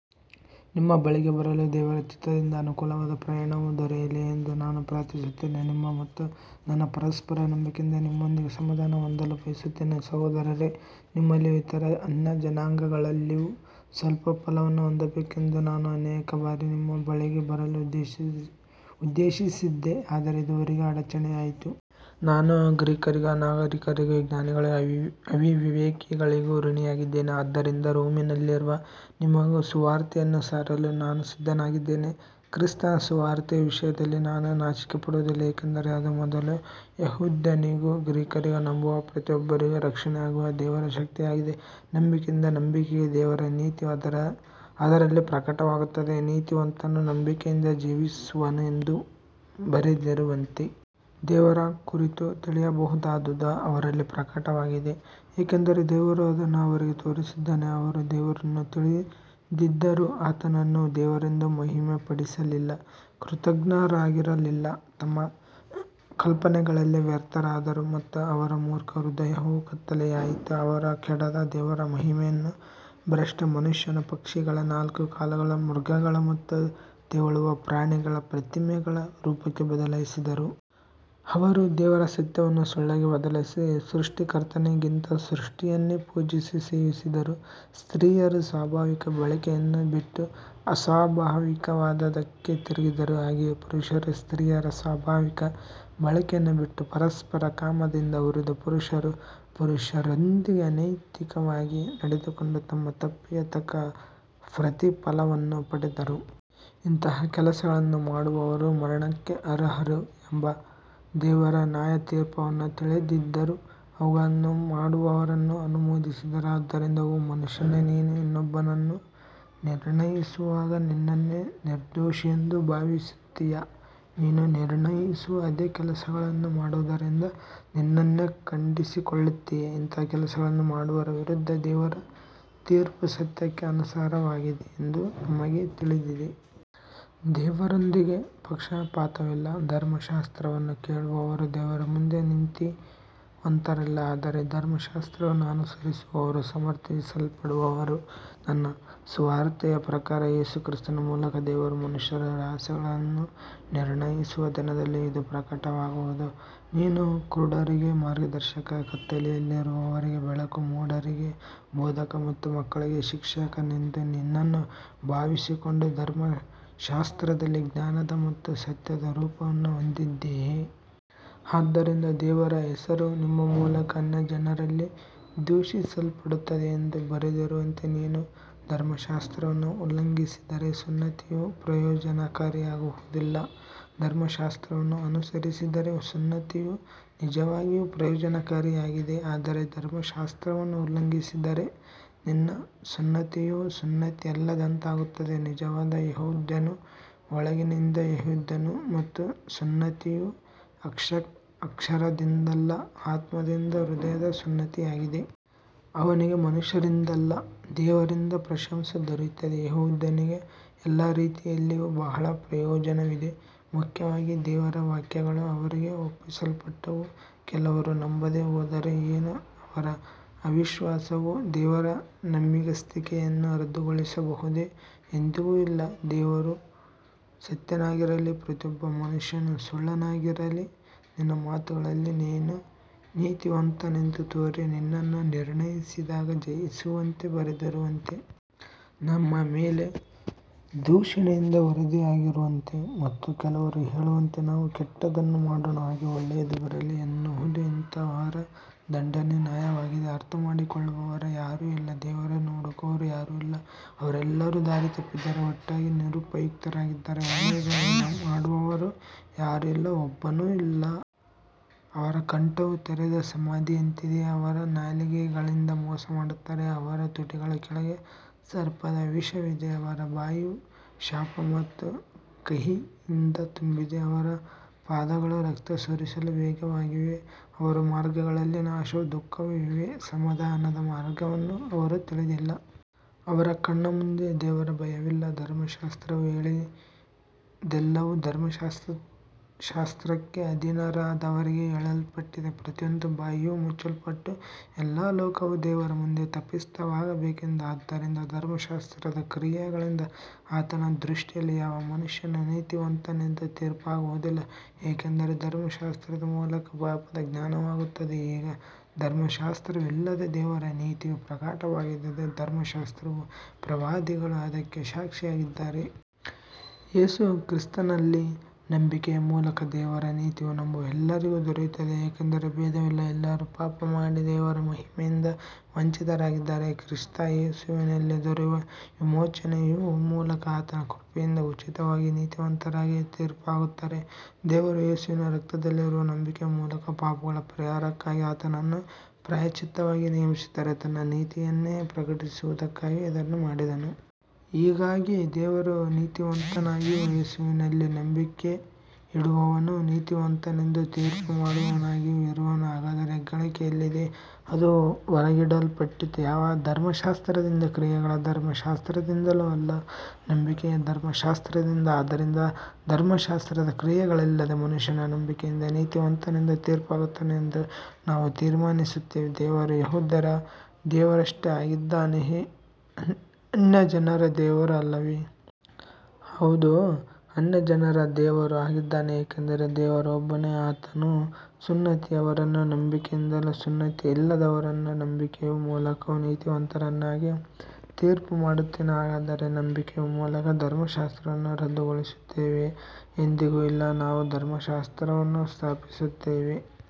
ನಿಮ್ಮ ಬಳಿಗೆ ಬರಲು ದೇವರ ಚಿತ್ತದಿಂದ ಅನುಕೂಲವಾದ ಪ್ರಯಾಣವು ದೊರೆಯಲಿ ಎಂದು ನಾನು ಪ್ರಾರ್ಥಿಸುತ್ತೇನೆ, ನಿಮ್ಮ ಮತ್ತು ನನ್ನ ಪರಸ್ಪರ ನಂಬಿಕೆಯಿಂದ ನಿಮ್ಮೊಂದಿಗೆ ಸಮಾಧಾನ ಹೊಂದಲು ಬಯಸುತ್ತೇನೆ. ಸಹೋದರರೇ, ನಿಮ್ಮಲ್ಲಿಯೂ ಇತರ ಅನ್ಯಜನಾಂಗಗಳಲ್ಲಿಯೂ ಸ್ವಲ್ಪ ಫಲವನ್ನು ಹೊಂದಬೇಕೆಂದು ನಾನು ಅನೇಕ ಬಾರಿ ನಿಮ್ಮ ಬಳಿಗೆ ಬರಲು ಉದ್ದೇಶಿಸಿ ಉದ್ದೇಶಿಸಿದ್ದೆ, ಆದರೆ ಇದುವರೆಗೆ ಅಡಚಣೆಯಾಯಿತು. ನಾನು ಗ್ರೀಕರಿಗೂ ಅನಾಗರಿಕರಿಗೂ ಜ್ಞಾನಿಗಳಿಗೂ ಅವಿವೇಕಿಗಳಿಗೂ ಋಣಿಯಾಗಿದ್ದೇನೆ. ಆದ್ದರಿಂದ ರೋಮಿನಲ್ಲಿರುವ ನಿಮಗೂ ಸುವಾರ್ತೆಯನ್ನು ಸಾರಲು ನಾನು ಸಿದ್ಧನಾಗಿದ್ದೇನೆ. ಕ್ರಿಸ್ತನ ಸುವಾರ್ತೆಯ ವಿಷಯದಲ್ಲಿ ನಾನು ನಾಚಿಕೆಪಡುವುದಿಲ್ಲ, ಏಕೆಂದರೆ ಅದು ಮೊದಲು ಯೆಹೂದ್ಯನಿಗೂ ಗ್ರೀಕರಿಗೂ ನಂಬುವ ಪ್ರತಿಯೊಬ್ಬರಿಗೂ ರಕ್ಷಣೆಯಾಗುವ ದೇವರ ಶಕ್ತಿಯಾಗಿದೆ. ನಂಬಿಕೆಯಿಂದ ನಂಬಿಕೆಗೆ ದೇವರ ನೀತಿಯು ಅದರ ಅದರಲ್ಲಿ ಪ್ರಕಟವಾಗುತ್ತದೆ, ನೀತಿವಂತನು ನಂಬಿಕೆಯಿಂದ ಜೀವಿಸುವನು ಎಂದು ಬರೆದಿರುವಂತೆ. ದೇವರ ಕುರಿತು ತಿಳಿಯಬಹುದಾದದ್ದು ಅವರಲ್ಲಿ ಪ್ರಕಟವಾಗಿದೆ, ಏಕೆಂದರೆ ದೇವರು ಅದನ್ನು ಅವರಿಗೆ ತೋರಿಸಿದ್ದಾನೆ. ಅವರು ದೇವರನ್ನು ತಿಳಿದಿದ್ದರೂ ಆತನನ್ನು ದೇವರೆಂದು ಮಹಿಮೆಪಡಿಸಲಿಲ್ಲ, ಕೃತಜ್ಞರಾಗಲಿಲ್ಲ, ತಮ್ಮ ಕಲ್ಪನೆಗಳಲ್ಲಿ ವ್ಯರ್ಥರಾದರು ಮತ್ತು ಅವರ ಮೂರ್ಖ ಹೃದಯವು ಕತ್ತಲೆಯಾಯಿತು. ಅವರು ಕೆಡದ ದೇವರ ಮಹಿಮೆಯನ್ನು ಭ್ರಷ್ಟ ಮನುಷ್ಯನ, ಪಕ್ಷಿಗಳ, ನಾಲ್ಕು ಕಾಲುಗಳ ಮೃಗಗಳ ಮತ್ತು ತೆವಳುವ ಪ್ರಾಣಿಗಳ ಪ್ರತಿಮೆಗಳ ರೂಪಕ್ಕೆ ಬದಲಾಯಿಸಿದರು. ಅವರು ದೇವರ ಸತ್ಯವನ್ನು ಸುಳ್ಳಾಗಿ ಬದಲಿಸಿ ಸೃಷ್ಟಿಕರ್ತನಿಗಿಂತ ಸೃಷ್ಟಿಯನ್ನು ಪೂಜಿಸಿ ಸೇವಿಸಿದರು. ಸ್ತ್ರೀಯರು ಸ್ವಾಭಾವಿಕ ಬಳಕೆಯನ್ನು ಬಿಟ್ಟು ಅಸ್ವಾಭಾವಿಕವಾದದ್ದಕ್ಕೆ ತಿರುಗಿದರು. ಹಾಗೆಯೇ ಪುರುಷರು ಸ್ತ್ರೀಯರ ಸ್ವಾಭಾವಿಕ ಬಳಕೆಯನ್ನು ಬಿಟ್ಟು ಪರಸ್ಪರ ಕಾಮದಿಂದ ಉರಿದು, ಪುರುಷರು ಪುರುಷರೊಂದಿಗೆ ಅನೈತಿಕವಾಗಿ ನಡೆದುಕೊಂಡು ತಮ್ಮ ತಪ್ಪಿಗೆ ತಕ್ಕ ಪ್ರತಿಫಲವನ್ನು ಪಡೆದರು. ಇಂತಹ ಕೆಲಸಗಳನ್ನು ಮಾಡುವವರು ಮರಣಕ್ಕೆ ಅರ್ಹರು ಎಂಬ ದೇವರ ನ್ಯಾಯತೀರ್ಪನ್ನು ತಿಳಿದಿದ್ದರೂ, ಅವುಗಳನ್ನು ಮಾಡುವವರನ್ನು ಅನುಮೋದಿಸಿದರು. ಆದುದರಿಂದ ಓ ಮನುಷ್ಯನೇ, ನೀನು ಇನ್ನೊಬ್ಬನನ್ನು ನಿರ್ಣಯಿಸುವಾಗ ನಿನ್ನನ್ನೇ ನಿರ್ದೋಷಿಯೆಂದು ಭಾವಿಸುತ್ತೀಯಾ, ನೀನು ನಿರ್ಣಯಿಸುವ ಅದೇ ಕೆಲಸಗಳನ್ನು ಮಾಡುವುದರಿಂದ ನಿನ್ನನ್ನೇ ಖಂಡಿಸಿಕೊಳ್ಳುತ್ತೀಯೆ. ಇಂತಹ ಕೆಲಸಗಳನ್ನು ಮಾಡುವವರ ವಿರುದ್ಧ ದೇವರ ತೀರ್ಪು ಸತ್ಯಕ್ಕೆ ಅನುಸಾರವಾಗಿದೆ ಎಂದು ನಮಗೆ ತಿಳಿದಿದೆ. ದೇವರೊಂದಿಗೆ ಪಕ್ಷಪಾತವಿಲ್ಲ. ಧರ್ಮಶಾಸ್ತ್ರವನ್ನು ಕೇಳುವವರು ದೇವರ ಮುಂದೆ ನೀತಿವಂತರಲ್ಲ, ಆದರೆ ಧರ್ಮಶಾಸ್ತ್ರವನ್ನು ಅನುಸರಿಸುವವರು ಸಮರ್ಥಿಸಲ್ಪಡುವರು. ನನ್ನ ಸುವಾರ್ತೆಯ ಪ್ರಕಾರ ಯೇಸು ಕ್ರಿಸ್ತನ ಮೂಲಕ ದೇವರು ಮನುಷ್ಯರ ರಹಸ್ಯಗಳನ್ನು ನಿರ್ಣಯಿಸುವ ದಿನದಲ್ಲಿ ಇದು ಪ್ರಕಟವಾಗುವುದು. ನೀನು ಕುರುಡರಿಗೆ ಮಾರ್ಗದರ್ಶಕ, ಕತ್ತಲೆಯಲ್ಲಿರುವವರಿಗೆ ಬೆಳಕು, ಮೂಢರಿಗೆ ಬೋಧಕ ಮತ್ತು ಮಕ್ಕಳಿಗೆ ಶಿಕ್ಷಕನೆಂದು ನಿನ್ನನ್ನು ಭಾವಿಸಿಕೊಂಡು, ಧರ್ಮಶಾಸ್ತ್ರದಲ್ಲಿ ಜ್ಞಾನದ ಮತ್ತು ಸತ್ಯದ ರೂಪವನ್ನು ಹೊಂದಿದ್ದೀಯೆ. ಆದ್ದರಿಂದ ದೇವರ ಹೆಸರು ನಿಮ್ಮ ಮೂಲಕ ಅನ್ಯಜನರಲ್ಲಿ ದೂಷಿಸಲ್ಪಡುತ್ತದೆ ಎಂದು ಬರೆದಿರುವಂತೆ, ನೀನು ಧರ್ಮಶಾಸ್ತ್ರವನ್ನು ಉಲ್ಲಂಘಿಸಿದರೆ ಸುನ್ನತಿಯು ಪ್ರಯೋಜನಕಾರಿಯಾಗುವುದಿಲ್ಲ. ಧರ್ಮಶಾಸ್ತ್ರವನ್ನು ಅನುಸರಿಸಿದರೆ ಸುನ್ನತಿಯು ನಿಜವಾಗಿಯೂ ಪ್ರಯೋಜನಕಾರಿಯಾಗಿದೆ, ಆದರೆ ಧರ್ಮಶಾಸ್ತ್ರವನ್ನು ಉಲ್ಲಂಘಿಸಿದರೆ ನಿನ್ನ ಸುನ್ನತಿಯು ಸುನ್ನತಿಯಲ್ಲದಂತಾಗುತ್ತದೆ. ನಿಜವಾದ ಯೆಹೂದ್ಯನು ಒಳಗಿನಿಂದ ಯೆಹೂದ್ಯನು, ಮತ್ತು ಸುನ್ನತಿಯು ಅಕ್ಷರದಿಂದಲ್ಲ, ಆತ್ಮದಿಂದ ಹೃದಯದ ಸುನ್ನತಿಯಾಗಿದೆ. ಅವನಿಗೆ ಮನುಷ್ಯರಿಂದಲ್ಲ, ದೇವರಿಂದ ಪ್ರಶಂಸೆ ದೊರೆಯುತ್ತದೆ. ಯೆಹೂದ್ಯನಿಗೆ ಎಲ್ಲ ರೀತಿಯಲ್ಲಿಯೂ ಬಹಳ ಪ್ರಯೋಜನವಿದೆ, ಮುಖ್ಯವಾಗಿ ದೇವರ ವಾಕ್ಯಗಳು ಅವರಿಗೆ ಒಪ್ಪಿಸಲ್ಪಟ್ಟವು. ಕೆಲವರು ನಂಬದೆ ಹೋದರೆ ಏನು, ಅವರ ಅವಿಶ್ವಾಸವು ದೇವರ ನಂಬಿಗಸ್ತಿಕೆಯನ್ನು ರದ್ದುಗೊಳಿಸಬಹುದೇ. ಎಂದಿಗೂ ಇಲ್ಲ. ದೇವರು ಸತ್ಯನಾಗಿರಲಿ, ಪ್ರತಿಯೊಬ್ಬ ಮನುಷ್ಯನು ಸುಳ್ಳುಗಾರನಾಗಿರಲಿ, ನಿನ್ನ ಮಾತುಗಳಲ್ಲಿ ನೀನು ನೀತಿವಂತನೆಂದು ತೋರಿ, ನಿನ್ನನ್ನು ನಿರ್ಣಯಿಸಿದಾಗ ಜಯಿಸುವಂತೆ ಬರೆದಿರುವಂತೆ. ನಮ್ಮ ಮೇಲೆ ದೂಷಣೆಯಿಂದ ವರದಿಯಾಗಿರುವಂತೆ ಮತ್ತು ಕೆಲವರು ಹೇಳುವಂತೆ ನಾವು ಕೆಟ್ಟದ್ದನ್ನು ಮಾಡೋಣ, ಆಗ ಒಳ್ಳೆಯದು ಬರಲಿ ಎನ್ನುವುದೇ. ಇಂತಹವರ ದಂಡನೆ ನ್ಯಾಯವಾಗಿದೆ. ಅರ್ಥಮಾಡಿಕೊಳ್ಳುವವರು ಯಾರೂ ಇಲ್ಲ, ದೇವರನ್ನು ಹುಡುಕುವವರು ಯಾರೂ ಇಲ್ಲ. ಅವರೆಲ್ಲರೂ ದಾರಿ ತಪ್ಪಿದ್ದಾರೆ, ಒಟ್ಟಾಗಿ ನಿರುಪಯುಕ್ತರಾಗಿದ್ದಾರೆ. ಒಳ್ಳೆಯದನ್ನು ಮಾಡುವವರು ಯಾರೂ ಇಲ್ಲ, ಒಬ್ಬನೂ ಇಲ್ಲ. ಅವರ ಕಂಠವು ತೆರೆದ ಸಮಾಧಿಯಂತಿದೆ, ಅವರ ನಾಲಿಗೆಗಳಿಂದ ಮೋಸ ಮಾಡುತ್ತಾರೆ, ಅವರ ತುಟಿಗಳ ಕೆಳಗೆ ಸರ್ಪದ ವಿಷವಿದೆ. ಅವರ ಬಾಯಿಯು ಶಾಪ ಮತ್ತು ಕಹಿಯಿಂದ ತುಂಬಿದೆ. ಅವರ ಪಾದಗಳು ರಕ್ತ ಸುರಿಸಲು ವೇಗವಾಗಿವೆ, ಅವರ ಮಾರ್ಗಗಳಲ್ಲಿ ನಾಶವೂ ದುಃಖವೂ ಇವೆ, ಸಮಾಧಾನದ ಮಾರ್ಗವನ್ನು ಅವರು ತಿಳಿದಿಲ್ಲ. ಅವರ ಕಣ್ಣ ಮುಂದೆ ದೇವರ ಭಯವಿಲ್ಲ. ಧರ್ಮಶಾಸ್ತ್ರವು ಹೇಳುವದೆಲ್ಲವೂ ಧರ್ಮಶಾಸ್ತ್ರಕ್ಕೆ ಅಧೀನರಾದವರಿಗೆ ಹೇಳಲ್ಪಟ್ಟಿದೆ, ಪ್ರತಿಯೊಂದು ಬಾಯಿಯೂ ಮುಚ್ಚಲ್ಪಟ್ಟು ಎಲ್ಲಾ ಲೋಕವೂ ದೇವರ ಮುಂದೆ ತಪ್ಪಿತಸ್ಥವಾಗಬೇಕೆಂದು. ಆದ್ದರಿಂದ ಧರ್ಮಶಾಸ್ತ್ರದ ಕ್ರಿಯೆಗಳಿಂದ ಆತನ ದೃಷ್ಟಿಯಲ್ಲಿ ಯಾವ ಮನುಷ್ಯನೂ ನೀತಿವಂತನೆಂದು ತೀರ್ಪಾಗುವುದಿಲ್ಲ, ಏಕೆಂದರೆ ಧರ್ಮಶಾಸ್ತ್ರದ ಮೂಲಕ ಪಾಪದ ಜ್ಞಾನವಾಗುತ್ತದೆ. ಈಗ ಧರ್ಮಶಾಸ್ತ್ರವಿಲ್ಲದೆ ದೇವರ ನೀತಿಯು ಪ್ರಕಟವಾಗಿದೆ, ಧರ್ಮಶಾಸ್ತ್ರವೂ ಪ್ರವಾದಿಗಳೂ ಅದಕ್ಕೆ ಸಾಕ್ಷಿಯಾಗಿದ್ದಾರೆ. ಯೇಸು ಕ್ರಿಸ್ತನಲ್ಲಿ ನಂಬಿಕೆಯ ಮೂಲಕ ದೇವರ ನೀತಿಯು ನಂಬುವ ಎಲ್ಲರಿಗೂ ದೊರೆಯುತ್ತದೆ, ಏಕೆಂದರೆ ಭೇದವಿಲ್ಲ. ಎಲ್ಲರೂ ಪಾಪಮಾಡಿ ದೇವರ ಮಹಿಮೆಯಿಂದ ವಂಚಿತರಾಗಿದ್ದಾರೆ. ಕ್ರಿಸ್ತ ಯೇಸುವಿನಲ್ಲಿ ದೊರೆಯುವ ವಿಮೋಚನೆಯ ಮೂಲಕ ಆತನ ಕೃಪೆಯಿಂದ ಉಚಿತವಾಗಿ ನೀತಿವಂತರಾಗಿ ತೀರ್ಪಾಗುತ್ತಾರೆ. ದೇವರು ಯೇಸುವಿನ ರಕ್ತದಲ್ಲಿರುವ ನಂಬಿಕೆಯ ಮೂಲಕ ಪಾಪಗಳ ಪರಿಹಾರಕ್ಕಾಗಿ ಆತನನ್ನು ಪ್ರಾಯಶ್ಚಿತ್ತವಾಗಿ ನೇಮಿಸಿದನು, ತನ್ನ ನೀತಿಯನ್ನು ಪ್ರಕಟಿಸುವುದಕ್ಕಾಗಿ ಇದನ್ನು ಮಾಡಿದನು. ಹೀಗಾಗಿ ದೇವರು ನೀತಿವಂತನಾಗಿಯೂ ಯೇಸುವಿನಲ್ಲಿ ನಂಬಿಕೆಯಿಡುವವನನ್ನು ನೀತಿವಂತನೆಂದು ತೀರ್ಪುಮಾಡುವವನಾಗಿಯೂ ಇರುವನು. ಹಾಗಾದರೆ ಹೆಗ್ಗಳಿಕೆ ಎಲ್ಲಿದೆ, ಅದು ಹೊರಗಿಡಲ್ಪಟ್ಟಿತು. ಯಾವ ಧರ್ಮಶಾಸ್ತ್ರದಿಂದ, ಕ್ರಿಯೆಗಳ ಧರ್ಮಶಾಸ್ತ್ರದಿಂದಲೋ, ಅಲ್ಲ, ನಂಬಿಕೆಯ ಧರ್ಮಶಾಸ್ತ್ರದಿಂದ. ಆದ್ದರಿಂದ ಧರ್ಮಶಾಸ್ತ್ರದ ಕ್ರಿಯೆಗಳಿಲ್ಲದೆ ಮನುಷ್ಯನು ನಂಬಿಕೆಯಿಂದ ನೀತಿವಂತನೆಂದು ತೀರ್ಪಾಗುತ್ತಾನೆ ಎಂದು ನಾವು ತೀರ್ಮಾನಿಸುತ್ತೇವೆ. ದೇವರು ಯೆಹೂದ್ಯರ ದೇವರಷ್ಟೇ ಆಗಿದ್ದಾನೆಯೇ, ಅನ್ಯಜನರ ದೇವರೂ ಅಲ್ಲವೇ. ಹೌದು, ಅನ್ಯಜನರ ದೇವರೂ ಆಗಿದ್ದಾನೆ. ಏಕೆಂದರೆ ದೇವರು ಒಬ್ಬನೇ, ಆತನು ಸುನ್ನತಿಯವರನ್ನು ನಂಬಿಕೆಯಿಂದಲೂ ಸುನ್ನತಿಯಿಲ್ಲದವರನ್ನು ನಂಬಿಕೆಯ ಮೂಲಕವೂ ನೀತಿವಂತರನ್ನಾಗಿ ತೀರ್ಪುಮಾಡುತ್ತಾನೆ. ಹಾಗಾದರೆ ನಂಬಿಕೆಯ ಮೂಲಕ ಧರ್ಮಶಾಸ್ತ್ರವನ್ನು ರದ್ದುಗೊಳಿಸುತ್ತೇವೆಯೇ. ಎಂದಿಗೂ ಇಲ್ಲ, ನಾವು ಧರ್ಮಶಾಸ್ತ್ರವನ್ನು ಸ್ಥಾಪಿಸುತ್ತೇವೆ.